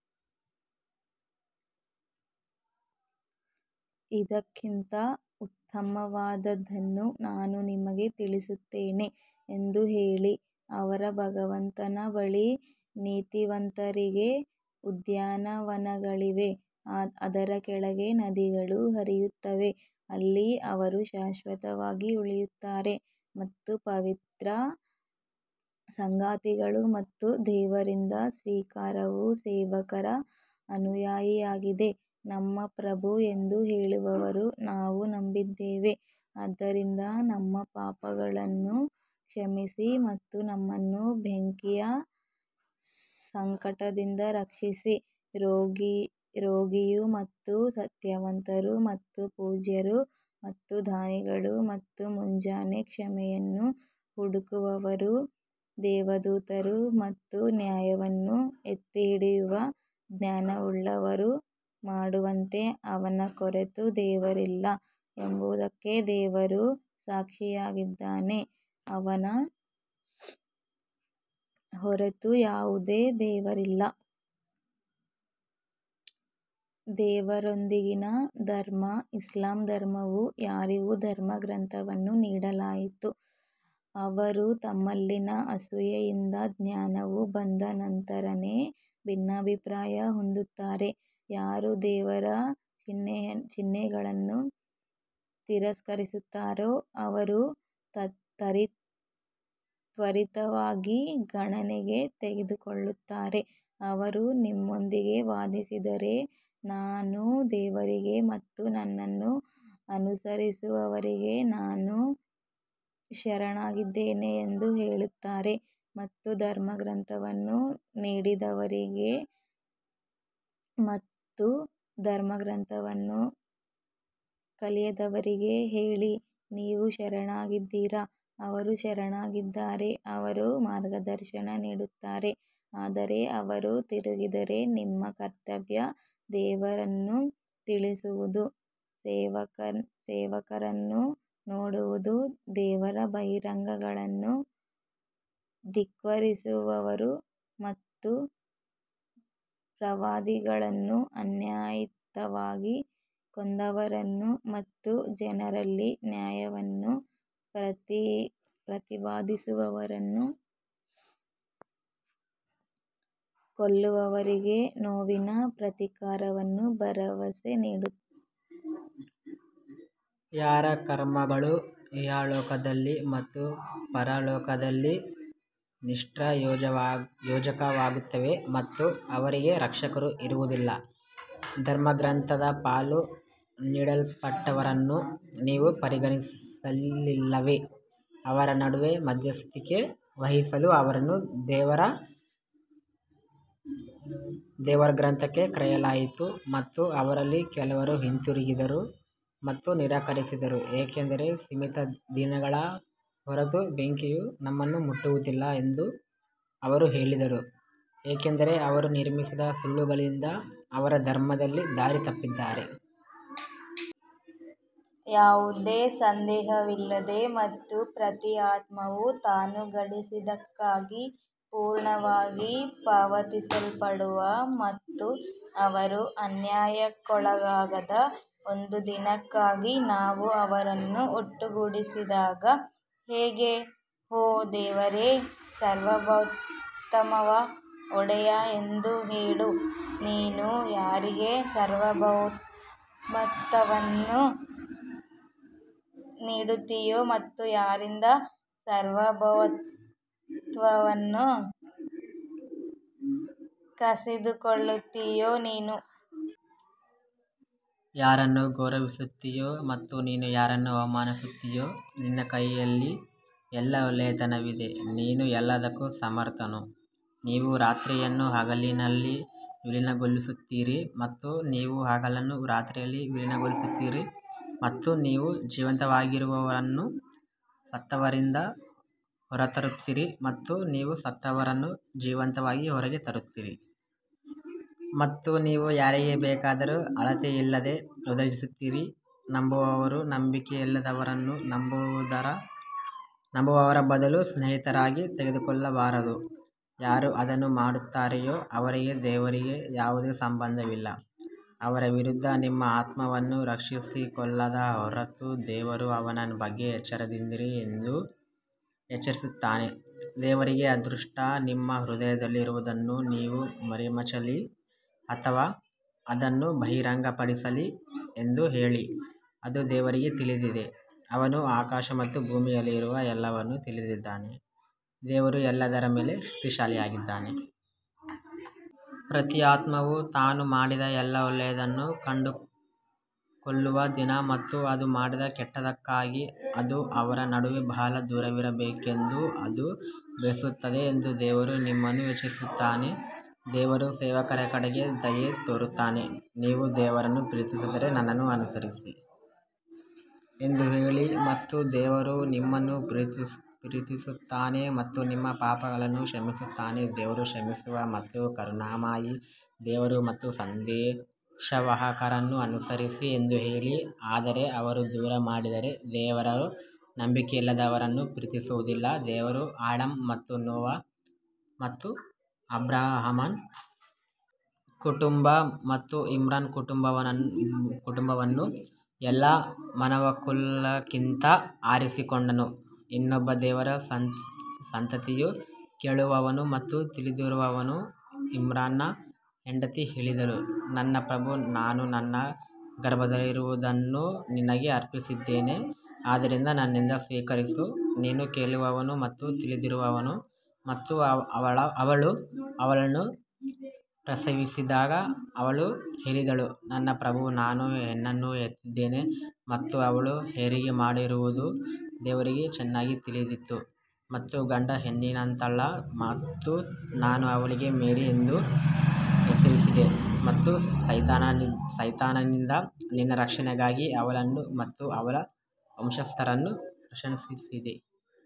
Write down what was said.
ಇದಕ್ಕಿಂತ ಉತ್ತಮವಾದದ್ದನ್ನು ನಾನು ನಿಮಗೆ ತಿಳಿಸುತ್ತೇನೆ ಎಂದು ಹೇಳಿ, ಅವರ ಭಗವಂತನ ಬಳಿ ನೀತಿವಂತರಿಗೆ ಉದ್ಯಾನವನಗಳಿವೆ, ಅದರ ಕೆಳಗೆ ನದಿಗಳು ಹರಿಯುತ್ತವೆ, ಅಲ್ಲಿ ಅವರು ಶಾಶ್ವತವಾಗಿ ಉಳಿಯುತ್ತಾರೆ ಮತ್ತು ಪವಿತ್ರ ಸಂಗಾತಿಗಳು ಮತ್ತು ದೇವರಿಂದ ಸ್ವೀಕಾರವು ಸೇವಕರ ಅನುಯಾಯಿಯಾಗಿದೆ. ನಮ್ಮ ಪ್ರಭು ಎಂದು ಹೇಳುವವರು ನಾವು ನಂಬಿದ್ದೇವೆ ಆದ್ದರಿಂದ ನಮ್ಮ ಪಾಪಗಳನ್ನು ಕ್ಷಮಿಸಿ ಮತ್ತು ನಮ್ಮನ್ನು ಬೆಂಕಿಯ ಸಂಕಟದಿಂದ ರಕ್ಷಿಸಿ ರೋಗಿಯು ಮತ್ತು ಸತ್ಯವಂತರು ಮತ್ತು ಪೂಜ್ಯರು ಮತ್ತು ದಾನಿಗಳು ಮತ್ತು ಮುಂಜಾನೆ ಕ್ಷಮೆಯನ್ನು ಹುಡುಕುವವರು ದೇವದೂತರು ಮತ್ತು ನ್ಯಾಯವನ್ನು ಎತ್ತಿಹಿಡಿಯುವ ಜ್ಞಾನವುಳ್ಳವರು ಮಾಡುವಂತೆ ಅವನ ಹೊರತು ದೇವರಿಲ್ಲ ಎಂಬುದಕ್ಕೆ ದೇವರು ಸಾಕ್ಷಿಯಾಗಿದ್ದಾನೆ, ಅವನ ಹೊರತು ಯಾವುದೇ ದೇವರಿಲ್ಲ. ದೇವರೊಂದಿಗಿನ ಧರ್ಮ ಇಸ್ಲಾಂ ಧರ್ಮವು ಯಾರಿಗೆ ಧರ್ಮಗ್ರಂಥವನ್ನು ನೀಡಲಾಯಿತು, ಅವರು ತಮ್ಮಲ್ಲಿನ ಅಸೂಯೆಯಿಂದ ಜ್ಞಾನವು ಬಂದ ನಂತರವೇ ಭಿನ್ನಾಭಿಪ್ರಾಯ ಹೊಂದುತ್ತಾರೆ, ಯಾರು ದೇವರ ಚಿಹ್ನೆಗಳನ್ನು ತಿರಸ್ಕರಿಸುತ್ತಾರೋ ಅವರು ತ್ವರಿತವಾಗಿ ಗಣನೆಗೆ ತೆಗೆದುಕೊಳ್ಳುತ್ತಾರೆ. ಅವರು ನಿಮ್ಮೊಂದಿಗೆ ವಾದಿಸಿದರೆ ನಾನು ದೇವರಿಗೆ ಮತ್ತು ನನ್ನನ್ನು ಅನುಸರಿಸುವವರಿಗೆ ನಾನು ಶರಣಾಗಿದ್ದೇನೆ ಎಂದು ಹೇಳುತ್ತಾರೆ ಮತ್ತು ಧರ್ಮಗ್ರಂಥವನ್ನು ನೀಡಿದವರಿಗೆ ಮತ್ತು ಕಲಿಯದವರಿಗೆ ಹೇಳಿ ನೀವು ಶರಣಾಗಿದ್ದೀರಾ ಅವರು ಶರಣಾಗಿದ್ದರೆ ಅವರು ಮಾರ್ಗದರ್ಶನ ನೀಡುತ್ತಾರೆ ಆದರೆ ಅವರು ತಿರುಗಿದರೆ ನಿಮ್ಮ ಕರ್ತವ್ಯ ದೇವರನ್ನು ತಿಳಿಸುವುದು ಸೇವಕರನ್ನು ನೋಡುವುದು ದೇವರ ಬಹಿರಂಗಗಳನ್ನು ಧಿಕ್ಕರಿಸುವವರು ಮತ್ತು ಪ್ರವಾದಿಗಳನ್ನು ಅನ್ಯಾಯವಾಗಿ ಕೊಂದವರು ಮತ್ತು ಜನರಲ್ಲಿ ನ್ಯಾಯವನ್ನು ಪ್ರತಿಪಾದಿಸುವವರನ್ನು ಕೊಲ್ಲುವವರಿಗೆ ನೋವಿನ ಪ್ರತೀಕಾರವನ್ನು ಭರವಸೆ ನೀಡುತ್ತಾರೆ. ಯಾರ ಕರ್ಮಗಳು ಇಹಲೋಕದಲ್ಲಿ ಮತ್ತು ಪರಲೋಕದಲ್ಲಿ ನಿಷ್ಪ್ರಯೋಜಕವಾಗುತ್ತವೆ ಮತ್ತು ಅವರಿಗೆ ರಕ್ಷಕರು ಇರುವುದಿಲ್ಲ. ಧರ್ಮಗ್ರಂಥದ ಪಾಲು ನೀಡಲ್ಪಟ್ಟವರನ್ನು ನೀವು ಪರಿಗಣಿಸಲಿಲ್ಲವೇ, ಅವರ ನಡುವೆ ಮಧ್ಯಸ್ಥಿಕೆ ವಹಿಸಲು ಅವರನ್ನು ದೇವರ ಗ್ರಂಥಕ್ಕೆ ಕರೆಯಲಾಯಿತು ಮತ್ತು ಅವರಲ್ಲಿ ಕೆಲವರು ಹಿಂತಿರುಗಿದರು ಮತ್ತು ನಿರಾಕರಿಸಿದರು ಏಕೆಂದರೆ ಸೀಮಿತ ದಿನಗಳ ಹೊರತು ಬೆಂಕಿಯು ನಮ್ಮನ್ನು ಮುಟ್ಟುವುದಿಲ್ಲ ಎಂದು ಅವರು ಹೇಳಿದರು ಏಕೆಂದರೆ ಅವರು ನಿರ್ಮಿಸಿದ ಸುಳ್ಳುಗಳಿಂದ ಅವರ ಧರ್ಮದಲ್ಲಿ ದಾರಿ ತಪ್ಪಿದ್ದಾರೆ. ಯಾವುದೇ ಸಂದೇಹವಿಲ್ಲದ ಮತ್ತು ಪ್ರತಿ ಆತ್ಮವು ತಾನು ಗಳಿಸಿದ್ದಕ್ಕಾಗಿ ಪೂರ್ಣವಾಗಿ ಪಾವತಿಸಲ್ಪಡುವ ಮತ್ತು ಅವರು ಅನ್ಯಾಯಕ್ಕೊಳಗಾಗದ ಒಂದು ದಿನಕ್ಕಾಗಿ ನಾವು ಅವರನ್ನು ಒಟ್ಟುಗೂಡಿಸಿದಾಗ ಹೇಗೆ? ಓ ದೇವರೇ ಸಾರ್ವಭೌಮತ್ವದ ಒಡೆಯ ಎಂದು ಹೇಳು ನೀನು ಯಾರಿಗೆ ಸಾರ್ವಭೌಮತ್ವವನ್ನು ನೀಡುತ್ತೀಯೋ ಮತ್ತು ಯಾರಿಂದ ಸಾರ್ವಭೌಮತ್ವವನ್ನು ಕಸಿದುಕೊಳ್ಳುತ್ತೀಯೋ ನೀನು ಯಾರನ್ನು ಗೌರವಿಸುತ್ತೀಯೋ ಮತ್ತು ನೀನು ಯಾರನ್ನು ಅವಮಾನಿಸುತ್ತೀಯೋ ನಿನ್ನ ಕೈಯಲ್ಲಿ ಎಲ್ಲಾ ಒಳ್ಳೆಯತನವಿದೆ ನೀನು ಎಲ್ಲದಕ್ಕೂ ಸಮರ್ಥನು ನೀವು ರಾತ್ರಿಯನ್ನು ಹಗಲಿನಲ್ಲಿ ವಿಲೀನಗೊಳಿಸುತ್ತೀರಿ ಮತ್ತು ನೀವು ಹಗಲನ್ನು ರಾತ್ರಿಯಲ್ಲಿ ವಿಲೀನಗೊಳಿಸುತ್ತೀರಿ ಮತ್ತು ನೀವು ಜೀವಂತವಾಗಿರುವವರನ್ನು ಸತ್ತವರಿಂದ ಹೊರತರುತ್ತೀರಿ ಮತ್ತು ನೀವು ಸತ್ತವರನ್ನು ಜೀವಂತವಾಗಿ ಹೊರಗೆ ತರುತ್ತೀರಿ ಮತ್ತು ನೀವು ಯಾರಿಗೆ ಬೇಕಾದರೂ ಅಳತೆಯಿಲ್ಲದೆ ಒದಗಿಸುತ್ತೀರಿ ನಂಬುವವರು ನಂಬಿಕೆಯಿಲ್ಲದವರನ್ನು ನಂಬುವವರ ಬದಲು ಸ್ನೇಹಿತರಾಗಿ ತೆಗೆದುಕೊಳ್ಳಬಾರದು, ಯಾರು ಅದನ್ನು ಮಾಡುತ್ತಾರೆಯೋ ಅವರಿಗೆ ದೇವರಿಗೆ ಯಾವುದೇ ಸಂಬಂಧವಿಲ್ಲ, ಅವರ ವಿರುದ್ಧ ನಿಮ್ಮ ಆತ್ಮವನ್ನು ರಕ್ಷಿಸಿಕೊಳ್ಳದ ಹೊರತು ದೇವರು ಅವನ ಬಗ್ಗೆ ಎಚ್ಚರದಿಂದಿರಿ ಎಂದು ಎಚ್ಚರಿಸುತ್ತಾನೆ ದೇವರಿಗೆ ಅದೃಷ್ಟ ನಿಮ್ಮ ಹೃದಯದಲ್ಲಿರುವುದನ್ನು ನೀವು ಮರೆಮಾಚಲಿ ಅಥವಾ ಅದನ್ನು ಬಹಿರಂಗಪಡಿಸಲಿ ಎಂದು ಹೇಳಿ, ಅದು ದೇವರಿಗೆ ತಿಳಿದಿದೆ, ಅವನು ಆಕಾಶ ಮತ್ತು ಭೂಮಿಯಲ್ಲಿರುವ ಎಲ್ಲವನ್ನೂ ತಿಳಿದಿದ್ದಾನೆ, ದೇವರು ಎಲ್ಲದರ ಮೇಲೆ ಶಕ್ತಿಶಾಲಿಯಾಗಿದ್ದಾನೆ. ಪ್ರತಿ ಆತ್ಮವು ತಾನು ಮಾಡಿದ ಎಲ್ಲಾ ಒಳ್ಳೆಯದನ್ನು ಕಂಡುಕೊಳ್ಳುವ ದಿನ ಮತ್ತು ಅದು ಮಾಡಿದ ಕೆಟ್ಟದ್ದಕ್ಕಾಗಿ ಅದು ಅವರ ನಡುವೆ ಬಹಳ ದೂರವಿರಬೇಕೆಂದು ಅದು ಬಯಸುತ್ತದೆ ಎಂದು ದೇವರು ನಿಮ್ಮನ್ನು ಎಚ್ಚರಿಸುತ್ತಾನೆ, ದೇವರು ಸೇವಕರ ಕಡೆಗೆ ದಯೆ ತೋರುತ್ತಾನೆ ನೀವು ದೇವರನ್ನು ಪ್ರೀತಿಸಿದರೆ ನನ್ನನ್ನು ಅನುಸರಿಸಿ ಎಂದು ಹೇಳಿ ಮತ್ತು ದೇವರು ನಿಮ್ಮನ್ನು ಪ್ರೀತಿಸುತ್ತಾನೆ ಮತ್ತು ನಿಮ್ಮ ಪಾಪಗಳನ್ನು ಕ್ಷಮಿಸುತ್ತಾನೆ ದೇವರು ಕ್ಷಮಿಸುವ ಮತ್ತು ಕರುಣಾಮಯಿ ದೇವರು ಮತ್ತು ಸಂದೇಶವಾಹಕರನ್ನು ಅನುಸರಿಸಿ ಎಂದು ಹೇಳಿ ಆದರೆ ಅವರು ದೂರ ಮಾಡಿದರೆ ದೇವರು ನಂಬಿಕೆಯಿಲ್ಲದವರನ್ನು ಪ್ರೀತಿಸುವುದಿಲ್ಲ ದೇವರು ಆಡಮ್ ಮತ್ತು ನೋವಾ ಮತ್ತು ಅಬ್ರಹಾಮನ ಕುಟುಂಬ ಮತ್ತು ಇಮ್ರಾನ್ ಕುಟುಂಬವನ್ನು ಎಲ್ಲಾ ಮಾನವಕುಲಕ್ಕಿಂತ ಆರಿಸಿಕೊಂಡನು ಇನ್ನೊಬ್ಬ ದೇವರ ಸಂತತಿಯು ಕೇಳುವವನು ಮತ್ತು ತಿಳಿದಿರುವವನು ಇಮ್ರಾನ್ನ ಹೆಂಡತಿ ಹೇಳಿದಳು ನನ್ನ ಪ್ರಭು ನಾನು ನನ್ನ ಗರ್ಭದಲ್ಲಿರುವುದನ್ನು ನಿನಗೆ ಅರ್ಪಿಸಿದ್ದೇನೆ ಆದ್ದರಿಂದ ನನ್ನಿಂದ ಸ್ವೀಕರಿಸು ನೀನು ಕೇಳುವವನು ಮತ್ತು ತಿಳಿದಿರುವವನು ಮತ್ತು ಅವಳು ಅವಳನ್ನು ಪ್ರಸವಿಸಿದಾಗ ಅವಳು ಹೇಳಿದಳು ನನ್ನ ಪ್ರಭು ನಾನು ಹೆಣ್ಣನ್ನು ಹೆತ್ತಿದ್ದೇನೆ ಮತ್ತು ಅವಳು ಹೆರಿಗೆ ಮಾಡಿರುವುದು ದೇವರಿಗೆ ಚೆನ್ನಾಗಿ ತಿಳಿದಿತ್ತು ಮತ್ತು ಗಂಡು ಹೆಣ್ಣಿನಂತಲ್ಲ ಮತ್ತು ನಾನು ಅವಳಿಗೆ ಮೇರಿ ಎಂದು ಹೆಸರಿಸಿದೆ ಮತ್ತು ಸೈತಾನನಿಂದ ನಿನ್ನ ರಕ್ಷಣೆಗಾಗಿ ಅವಳನ್ನು ಮತ್ತು ಅವಳ ವಂಶಸ್ಥರನ್ನು ಪ್ರಶಂಸಿಸಿದೆ.